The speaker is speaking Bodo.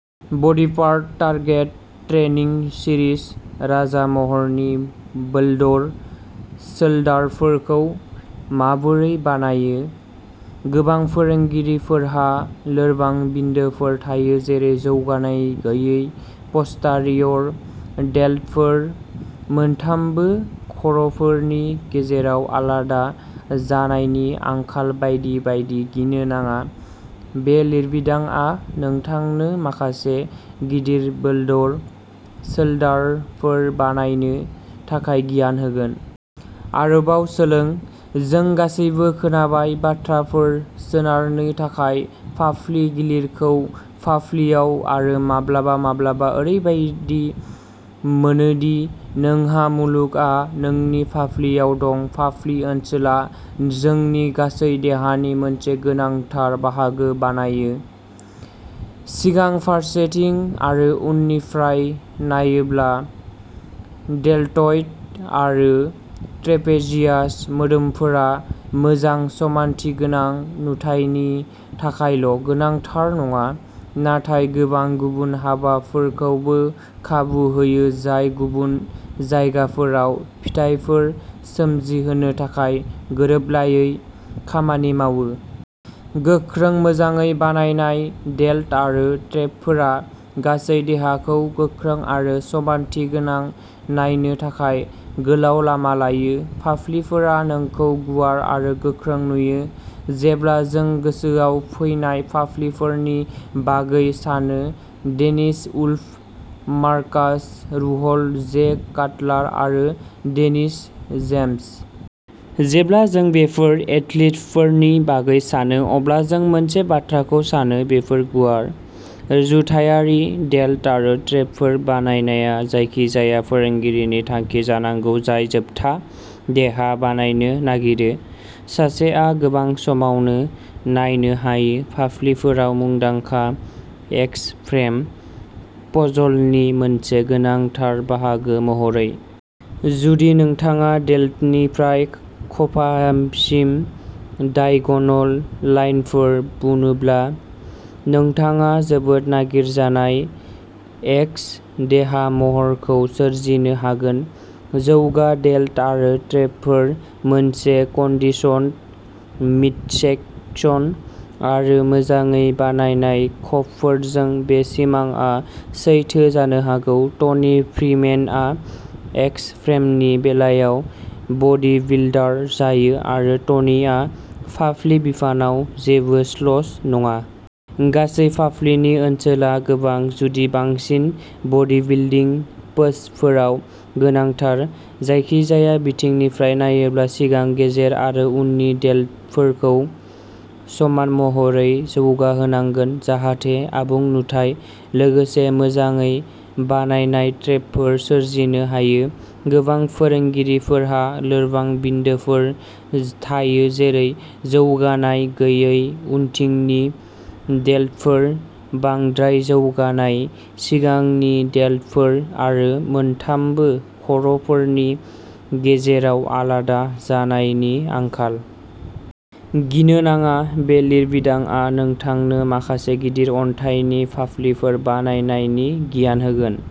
बडीपार्ट टारगेट ट्रेनिं सिरिजः राजा महरनि बोल्डर शोल्डारफोरखौ माबोरै बानायो? गोबां फोरोंगिरिफोरहा लोरबां बिन्दोफोर थायो जेरै जौगानाय गैयै पस्टारियर डेल्टफोर, मोनथामबो खर'फोरनि गेजेराव आलादा जानायनि आंखाल बायदि बायदि। गिनो नाङा; बे लिरबिदांआ नोंथांनो माखासे गिदिर बोल्डर शोल्डारफोर बानायनो थाखाय गियान होगोन! आरोबाव सोलों। जों गासैबो खोनाबाय। बाथ्राफोरः सोनारनो थाखाय फाफ्लि, गिलिरखौ फाफ्लिआव, आरो माब्लाबा माब्लाबा ओरैबादि मोनो दि नोंहा मुलुगआ नोंनि फाफ्लिआव दं। फाफ्लि ओनसोला जोंनि गासै देहानि मोनसे गोनांथार बाहागो बानायो। सिगां, फारसेथिं आरो उननिफ्राय नायोब्ला, डेल्टइड आरो ट्रेपेजियास मोदोमफोरा मोजां समानथिगोनां नुथायनि थाखायल' गोनांथार नङा, नाथाय गोबां गुबुन हाबाफोरखौबो खाबु होयो जाय गुबुन जायगाफोराव फिथायफोर सोमजिहोनो थाखाय गोरोबलायै खामानि मावो। गोख्रों, मोजाङै बानायनाय डेल्ट आरो ट्रेपफोरा गासै देहाखौ गोख्रों आरो समानथिगोनां नायनो थाखाय गोलाव लामा लायो। फाफ्लिफोरा नोंखौ गुवार आरो गोख्रों नुयो। जेब्ला जों गोसोआव फैनाय फाफ्लिफोरनि बागै सानो, डेनिस उल्फ, मार्कास रुहल, जे काटलार, आरो डेनिस जेम्स? जेब्ला जों बेफोर एथलीटफोरनि बागै सानो अब्ला जों मोनसे बाथ्राखौ सानोः बेफोर गुवार! रुजुथायारि डेल्ट आरो ट्रेपफोर बानायनाया जायखिजाया फोरोंगिरिनि थांखि जानांगौ जाय जोबथा देहा बानायनो नागिरो। सासेआ गोबां समावनो नायनो हायो। फाफ्लिफोराव मुंदांखा "एक्स फ्रेम" पजलनि मोनसे गोनांथार बाहागो महरै। जुदि नोंथाङा डेल्टनिफ्राय खफासिम डायगनल लाइनफोर बुनोब्ला, नोंथाङा जोबोद नागिरजानाय "एक्स" देहा महरखौ सोरजिनो हागोन। जौगा डेल्ट आरो ट्रेपफोर, मोनसे कन्डिशन्ड मिडसेकसन, आरो मोजाङै बानायनाय खफफोरजों, बे सिमांआ सैथो जानो हागौ। टनि फ्रीमेनआ एक्स फ्रेमनि बेलायाव बडीबिल्डार जायो आरो टनिआ फाफ्लि बिफानाव जेबो स्लच नङा। गासै फाफ्लिनि ओनसोला गोबां, जुदि बांसिन बडीबिल्डिं पोजफोराव गोनांथार। जायखिजाया बिथिंनिफ्राय नायोब्ला सिगां, गेजेर, आरो उननि डेल्टफोरखौ समान महरै जौगाहोनांगोन जाहाथे "आबुं नुथाइ" लोगोसे मोजाङै बानायनाय ट्रेपफोर सोरजिनो हायो। गोबां फोरोंगिरिफोरहा लोरबां बिन्दोफोर थायो जेरै जौगानाय गैयै उनथिंनि डेल्टफोर, बांद्राय जौगानाय सिगांनि डेल्टफोर, आरो मोनथामबो खर'फोरनि गेजेराव आलादा जानायनि आंखाल। गिनो नाङा; बे लिरबिदांआ नोंथांनो माखासे गिदिर अन्थाइनि फाफ्लिफोर बानायनायनि गियान होगोन!